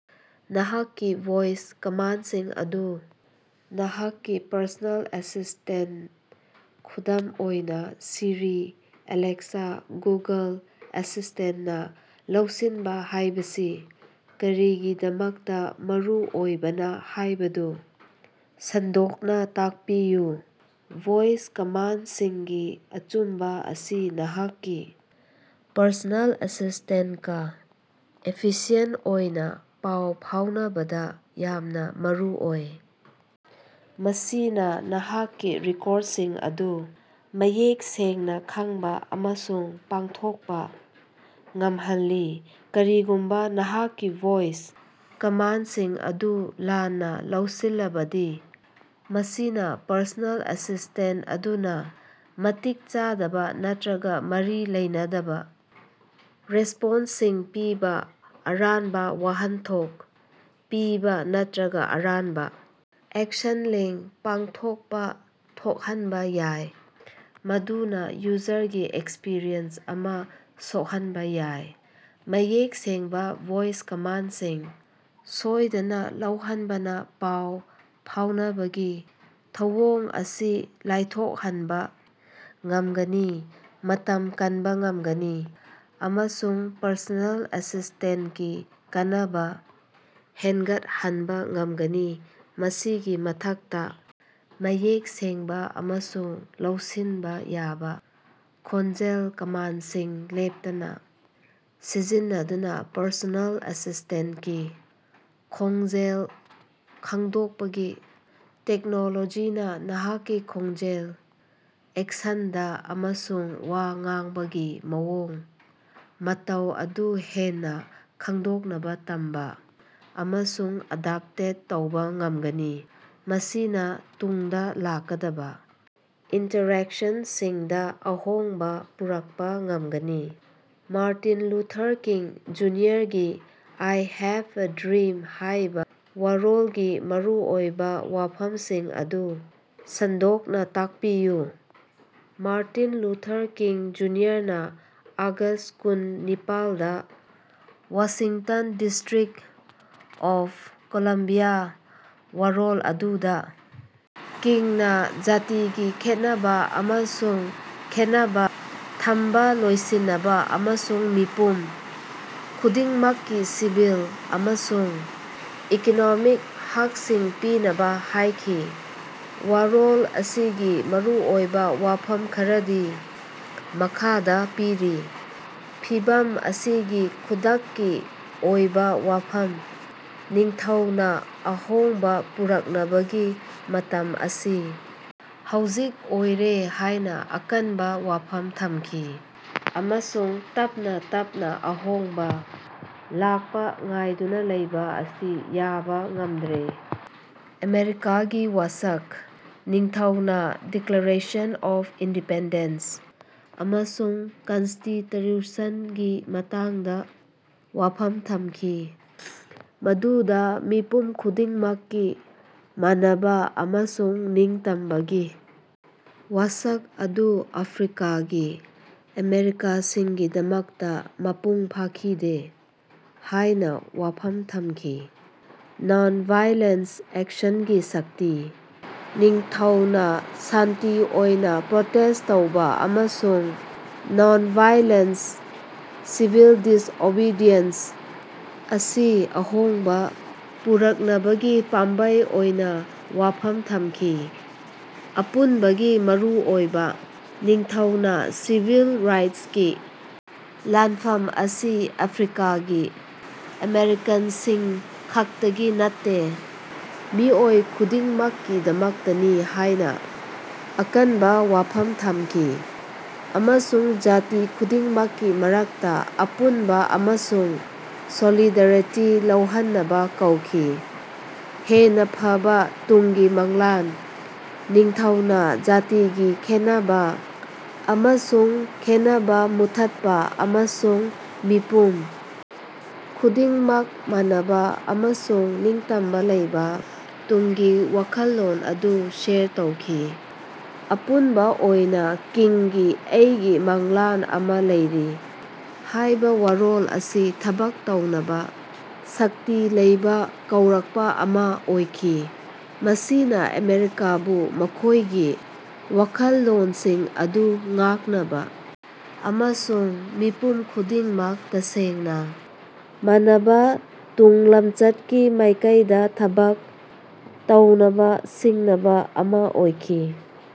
ꯅꯍꯥꯛꯀꯤ ꯚꯣꯏꯁ ꯀꯃꯥꯟꯗꯁꯤꯡ ꯑꯗꯨ ꯅꯍꯥꯛꯀꯤ ꯄꯔꯁꯣꯅꯦꯜ ꯑꯦꯁꯤꯁꯇꯦꯟꯇ (ꯈꯨꯗꯝ ꯑꯣꯏꯅꯥ ꯁꯤꯔꯤ, ꯑꯦꯂꯦꯛꯁꯥ, ꯒꯨꯒꯜ ꯑꯦꯁꯤꯁꯇꯦꯟꯇ)ꯅ ꯂꯧꯁꯤꯟꯕ ꯍꯥꯏꯕꯁꯤ ꯀꯔꯤꯒꯤꯗꯃꯛꯇ ꯃꯔꯨꯑꯣꯏꯕꯅ ꯍꯥꯏꯕꯗꯨ ꯁꯟꯗꯣꯛꯅ ꯇꯥꯛꯄꯤꯌꯨ꯫ ꯚꯣꯏꯁ ꯀꯃꯥꯟꯗꯁꯤꯡꯒꯤ ꯑꯆꯨꯝꯕ ꯑꯁꯤ ꯅꯍꯥꯛꯀꯤ ꯄꯔꯁꯣꯅꯦꯜ ꯑꯦꯁꯤꯁꯇꯦꯟꯇꯀ ꯏꯐꯤꯁꯤꯑꯦꯟꯇ ꯑꯣꯏꯅ ꯄꯥꯎ ꯐꯥꯎꯅꯕꯗ ꯌꯥꯝꯅ ꯃꯔꯨꯑꯣꯏ꯫ ꯃꯁꯤꯅ ꯅꯍꯥꯛꯀꯤ ꯔꯤꯀꯣꯔꯗꯁꯤꯡ ꯑꯗꯨ ꯃꯌꯦꯛ ꯁꯦꯡꯅ ꯈꯪꯕ ꯑꯃꯁꯨꯡ ꯄꯥꯡꯊꯣꯛꯄ ꯉꯝꯍꯜꯂꯤ꯫ ꯀꯔꯤꯒꯨꯝꯕ ꯅꯍꯥꯛꯀꯤ ꯚꯣꯏꯁ ꯀꯃꯥꯟꯗꯁꯤꯡ ꯑꯗꯨ ꯂꯥꯟꯅ ꯂꯧꯁꯤꯜꯂꯕꯗꯤ ꯃꯁꯤꯅ ꯄꯔꯁꯣꯅꯦꯜ ꯑꯦꯁꯤꯁꯇꯦꯟꯇ ꯑꯗꯨꯅ ꯃꯇꯤꯛ ꯆꯥꯗꯕ ꯅꯠꯇ꯭ꯔꯒ ꯃꯔꯤ ꯂꯩꯅꯗꯕ ꯔꯦꯁꯄꯣꯟꯁꯁꯤꯡ ꯄꯤꯕ ꯑꯔꯥꯟꯕ ꯋꯥꯍꯟꯊꯣꯛ ꯄꯤꯕ ꯅꯠꯇ꯭ꯔꯒ ꯑꯔꯥꯟꯕ ꯑꯦꯛꯁꯟꯂꯦꯡ ꯄꯥꯡꯊꯣꯛꯄ ꯊꯣꯛꯍꯟꯕ ꯌꯥꯏ꯫ ꯃꯗꯨꯅ ꯌꯨꯖꯔꯒꯤ ꯑꯦꯛꯁꯄꯤꯔꯤꯑꯦꯟꯁ ꯑꯃ ꯁꯣꯛꯍꯟꯕ ꯌꯥꯏ꯫ ꯃꯌꯦꯛ ꯁꯦꯡꯕ ꯚꯣꯏꯁ ꯀꯃꯥꯟꯗꯁꯤꯡ ꯁꯣꯏꯗꯅ ꯂꯩꯍꯅꯕꯅ ꯄꯥꯎ ꯐꯥꯎꯅꯕꯒꯤ ꯊꯧꯑꯣꯡ ꯑꯁꯤ ꯂꯥꯏꯊꯣꯛꯍꯟꯕ ꯉꯝꯒꯅꯤ꯫ ꯃꯇꯝ ꯀꯟꯕ ꯉꯝꯒꯅꯤ꯫ ꯑꯃꯁꯨꯡ ꯄꯔꯁꯣꯅꯦꯜ ꯑꯦꯁꯤꯁꯇꯦꯟꯇꯀꯤ ꯀꯥꯟꯅꯕ ꯍꯦꯟꯒꯠꯍꯟꯕ ꯉꯝꯒꯅꯤ꯫ ꯃꯁꯤꯒꯤ ꯃꯊꯛꯇ ꯃꯌꯦꯛ ꯁꯦꯡꯕ ꯑꯃꯁꯨꯡ ꯂꯧꯁꯤꯟꯕ ꯌꯥꯕ ꯈꯣꯟꯖꯦꯜ ꯀꯃꯥꯟꯗꯁꯤꯡ ꯂꯦꯞꯇꯅ ꯁꯤꯖꯤꯟꯅꯗꯨꯅ ꯄꯔꯁꯣꯅꯦꯜ ꯑꯦꯁꯤꯁꯇꯦꯟꯇꯀꯤ ꯈꯣꯟꯖꯦꯜ ꯈꯪꯗꯣꯛꯄꯒꯤ ꯇꯦꯛꯅꯣꯂꯣꯖꯤꯅ ꯅꯍꯥꯛꯀꯤ ꯈꯣꯟꯖꯦꯜ, ꯑꯦꯛꯁꯦꯟꯇ ꯑꯃꯁꯨꯡ ꯋꯥ ꯉꯥꯡꯕꯒꯤ ꯃꯑꯣꯡ ꯃꯇꯧ ꯑꯗꯨ ꯍꯦꯟꯅ ꯈꯡꯗꯣꯛꯅꯕ ꯇꯝꯕ ꯑꯃꯁꯨꯡ ꯑꯗꯥꯞꯇꯦꯠ ꯇꯧꯕ ꯉꯝꯒꯅꯤ꯫ ꯃꯁꯤꯅ ꯇꯨꯡꯗ ꯂꯥꯛꯀꯗꯕ ꯏꯟꯇ꯭ꯔꯦꯛꯁꯟꯁꯤꯡꯗ ꯑꯍꯣꯡꯕ ꯄꯨꯔꯛꯄ ꯉꯝꯒꯅꯤ꯫ ꯃꯥꯔꯇꯤꯟ ꯂꯨꯊꯔ ꯀꯤꯡ, ꯖꯨꯅꯤꯌꯔꯒꯤ "ꯑꯥꯏ ꯍꯦꯚ ꯑꯦ ꯗ꯭ꯔꯤꯝ" ꯍꯥꯏꯕ ꯋꯥꯔꯣꯜꯒꯤ ꯃꯔꯨꯑꯣꯏꯕ ꯋꯥꯐꯝꯁꯤꯡ ꯑꯗꯨ ꯁꯟꯗꯣꯛꯅ ꯇꯥꯛꯄꯤꯌꯨ꯫ ꯃꯥꯔꯇꯤꯟ ꯂꯨꯊꯔ ꯀꯤꯡ ꯖꯨꯅꯤꯌꯔꯅ ꯑꯥꯒꯁꯠ ꯀꯨꯟ ꯅꯤꯄꯥꯜ ꯗꯥ ꯋꯥꯁꯤꯡꯇꯟ ꯗꯤꯁꯇꯔ꯭ꯤꯛ ꯑꯣꯐ ꯀꯂꯝꯕꯤꯌꯥ ꯋꯥꯔꯣꯜ ꯑꯗꯨꯗ ꯀꯤꯡꯅ ꯖꯥꯇꯤꯒꯤ ꯈꯦꯟꯅꯕ ꯑꯃꯁꯨꯡ ꯈꯦꯟꯅꯕ ꯊꯝꯕ ꯂꯣꯏꯁꯤꯟꯅꯕ, ꯑꯃꯁꯨꯡ ꯃꯤꯄꯨꯝ ꯈꯨꯗꯤꯡꯃꯛꯀꯤ ꯁꯤꯚꯤꯜ ꯑꯃꯁꯨꯡ ꯏꯀꯣꯅꯣꯃꯤꯛ ꯍꯛꯁꯤꯡ ꯄꯤꯅꯕ ꯍꯥꯏꯈꯤ꯫ ꯋꯥꯔꯣꯜ ꯑꯁꯤꯒꯤ ꯃꯔꯨꯑꯣꯏꯕ ꯋꯥꯐꯝ ꯈꯔꯗꯤ ꯃꯈꯥꯗ ꯄꯤꯔꯤ: ꯐꯤꯚꯝ ꯑꯁꯤꯒꯤ ꯈꯨꯗꯛꯀꯤ ꯑꯣꯏꯕ ꯋꯥꯐꯝ: ꯅꯤꯡꯊꯧꯅ ꯑꯍꯣꯡꯕ ꯄꯨꯔꯛꯅꯕꯒꯤ ꯃꯇꯝ ꯑꯁꯤ ꯍꯧꯖꯤꯛ ꯑꯣꯏꯔꯦ ꯍꯥꯏꯅ ꯑꯀꯟꯕ ꯋꯥꯐꯝ ꯊꯝꯈꯤ꯫ ꯑꯃꯁꯨꯡ ꯇꯞꯅ ꯇꯞꯅ ꯑꯍꯣꯡꯕ ꯂꯥꯛꯄ ꯉꯥꯏꯗꯨꯅ ꯂꯩꯕ ꯑꯁꯤ ꯌꯥꯕ ꯉꯝꯗ꯭ꯔꯦ꯫ ꯑꯃꯦꯔꯤꯀꯥꯒꯤ ꯋꯥꯁꯛ: ꯅꯤꯡꯊꯧꯅ ꯗꯤꯀ꯭ꯂꯥꯔꯦꯁꯟ ꯑꯣꯐ ꯏꯟꯗꯤꯄꯦꯟꯗꯦꯟꯁ ꯑꯃꯁꯨꯡ ꯀꯟꯁꯇꯤꯇ꯭ꯔꯨꯁꯟꯒꯤ ꯃꯇꯥꯡꯗ ꯋꯥꯐꯝ ꯊꯝꯈꯤ꯫ ꯃꯗꯨꯗ ꯃꯤꯄꯨꯝ ꯈꯨꯗꯤꯡꯃꯛꯀꯤ ꯃꯥꯟꯅꯕ ꯑꯃꯁꯨꯡ ꯅꯤꯡꯇꯝꯕꯒꯤ ꯋꯥꯁꯛ ꯑꯗꯨ ꯑꯐ꯭ꯔꯤꯀꯥꯒꯤ ꯑꯃꯦꯔꯤꯀꯥꯁꯤꯡꯒꯤꯗꯃꯛꯇ ꯃꯄꯨꯡ ꯐꯥꯈꯤꯗꯦ ꯍꯥꯏꯅ ꯋꯥꯐꯝ ꯊꯝꯈꯤ꯫ ꯅꯟ-ꯚꯥꯏꯑꯣꯂꯦꯟꯇ ꯑꯦꯛꯁꯟꯒꯤ ꯁꯛꯇꯤ: ꯅꯤꯡꯊꯧꯅ ꯁꯥꯟꯇꯤ ꯑꯣꯏꯅ ꯄ꯭ꯔꯣꯇꯦꯁꯠ ꯇꯧꯕ ꯑꯃꯁꯨꯡ ꯅꯟ-ꯚꯥꯏꯑꯣꯂꯦꯟꯇ ꯁꯤꯚꯤꯜ ꯗꯤꯁꯑꯣꯕꯦꯗꯤꯌꯦꯟꯁ ꯑꯁꯤ ꯑꯍꯣꯡꯕ ꯄꯨꯔꯛꯅꯕꯒꯤ ꯄꯥꯝꯕꯩ ꯑꯣꯏꯅ ꯋꯥꯐꯝ ꯊꯝꯈꯤ꯫ ꯑꯄꯨꯟꯕꯒꯤ ꯃꯔꯨꯑꯣꯏꯕ: ꯅꯤꯡꯊꯧꯅ ꯁꯤꯚꯤꯜ ꯔꯥꯏꯠꯁꯀꯤ ꯂꯥꯟꯐꯝ ꯑꯁꯤ ꯑꯐ꯭ꯔꯤꯀꯥꯒꯤ ꯑꯃꯦꯔꯤꯀꯥꯟꯁꯤꯡ ꯈꯛꯇꯒꯤ ꯅꯠꯇꯦ꯫ ꯃꯤꯑꯣꯏ ꯈꯨꯗꯤꯡꯃꯛꯀꯤꯗꯃꯛꯇꯅꯤ ꯍꯥꯏꯅ ꯑꯀꯟꯕ ꯋꯥꯐꯝ ꯊꯝꯈꯤ꯫ ꯑꯃꯁꯨꯡ ꯖꯥꯇꯤ ꯈꯨꯗꯤꯡꯃꯛꯀꯤ ꯃꯔꯛꯇ ꯑꯄꯨꯟꯕ ꯑꯃꯁꯨꯡ ꯁꯣꯂꯤꯗꯔꯤꯇꯤ ꯂꯩꯍꯟꯅꯕ ꯀꯧꯈꯤ꯫ ꯍꯦꯟꯅ ꯐꯕ ꯇꯨꯡꯒꯤ ꯃꯪꯂꯥꯟ: ꯅꯤꯡꯊꯧꯅ ꯖꯥꯇꯤꯒꯤ ꯈꯦꯟꯅꯕ ꯑꯃꯁꯨꯡ ꯈꯦꯟꯅꯕ ꯃꯨꯠꯊꯠꯄ ꯑꯃꯁꯨꯡ ꯃꯤꯄꯨꯝ ꯈꯨꯗꯤꯡꯃꯛ ꯃꯥꯟꯅꯕ ꯑꯃꯁꯨꯡ ꯅꯤꯡꯇꯝꯕ ꯂꯩꯕ ꯇꯨꯡꯒꯤ ꯋꯥꯈꯜꯂꯣꯟ ꯑꯗꯨ ꯁꯦꯌꯔ ꯇꯧꯈꯤ꯫ ꯑꯄꯨꯟꯕ ꯑꯣꯏꯅꯥ, ꯀꯤꯡꯒꯤ "ꯑꯩꯒꯤ ꯃꯪꯂꯥꯟ ꯑꯃꯥ ꯂꯩꯔꯤ" ꯍꯥꯏꯕ ꯋꯥꯔꯣꯜ ꯑꯁꯤ ꯊꯕꯛ ꯇꯧꯅꯕ ꯁꯛꯇꯤ ꯂꯩꯕꯥ ꯀꯧꯔꯛꯄ ꯑꯃꯥ ꯑꯣꯏꯈꯤ꯫ ꯃꯁꯤꯅ ꯑꯃꯦꯔꯤꯀꯥꯕꯨ ꯃꯈꯣꯏꯒꯤ ꯋꯥꯈꯜꯂꯣꯟꯁꯤꯡ ꯑꯗꯨ ꯉꯥꯛꯅꯕ ꯑꯃꯁꯨꯡ ꯃꯤꯄꯨꯝ ꯈꯨꯗꯤꯡꯃꯛ ꯇꯁꯦꯡꯅ ꯃꯥꯟꯅꯕ ꯇꯨꯡꯂꯝꯆꯠꯀꯤ ꯃꯥꯏꯀꯩꯗ ꯊꯕꯛ ꯇꯧꯅꯕ ꯁꯤꯡꯅꯕ ꯑꯃ ꯑꯣꯏꯈꯤ꯫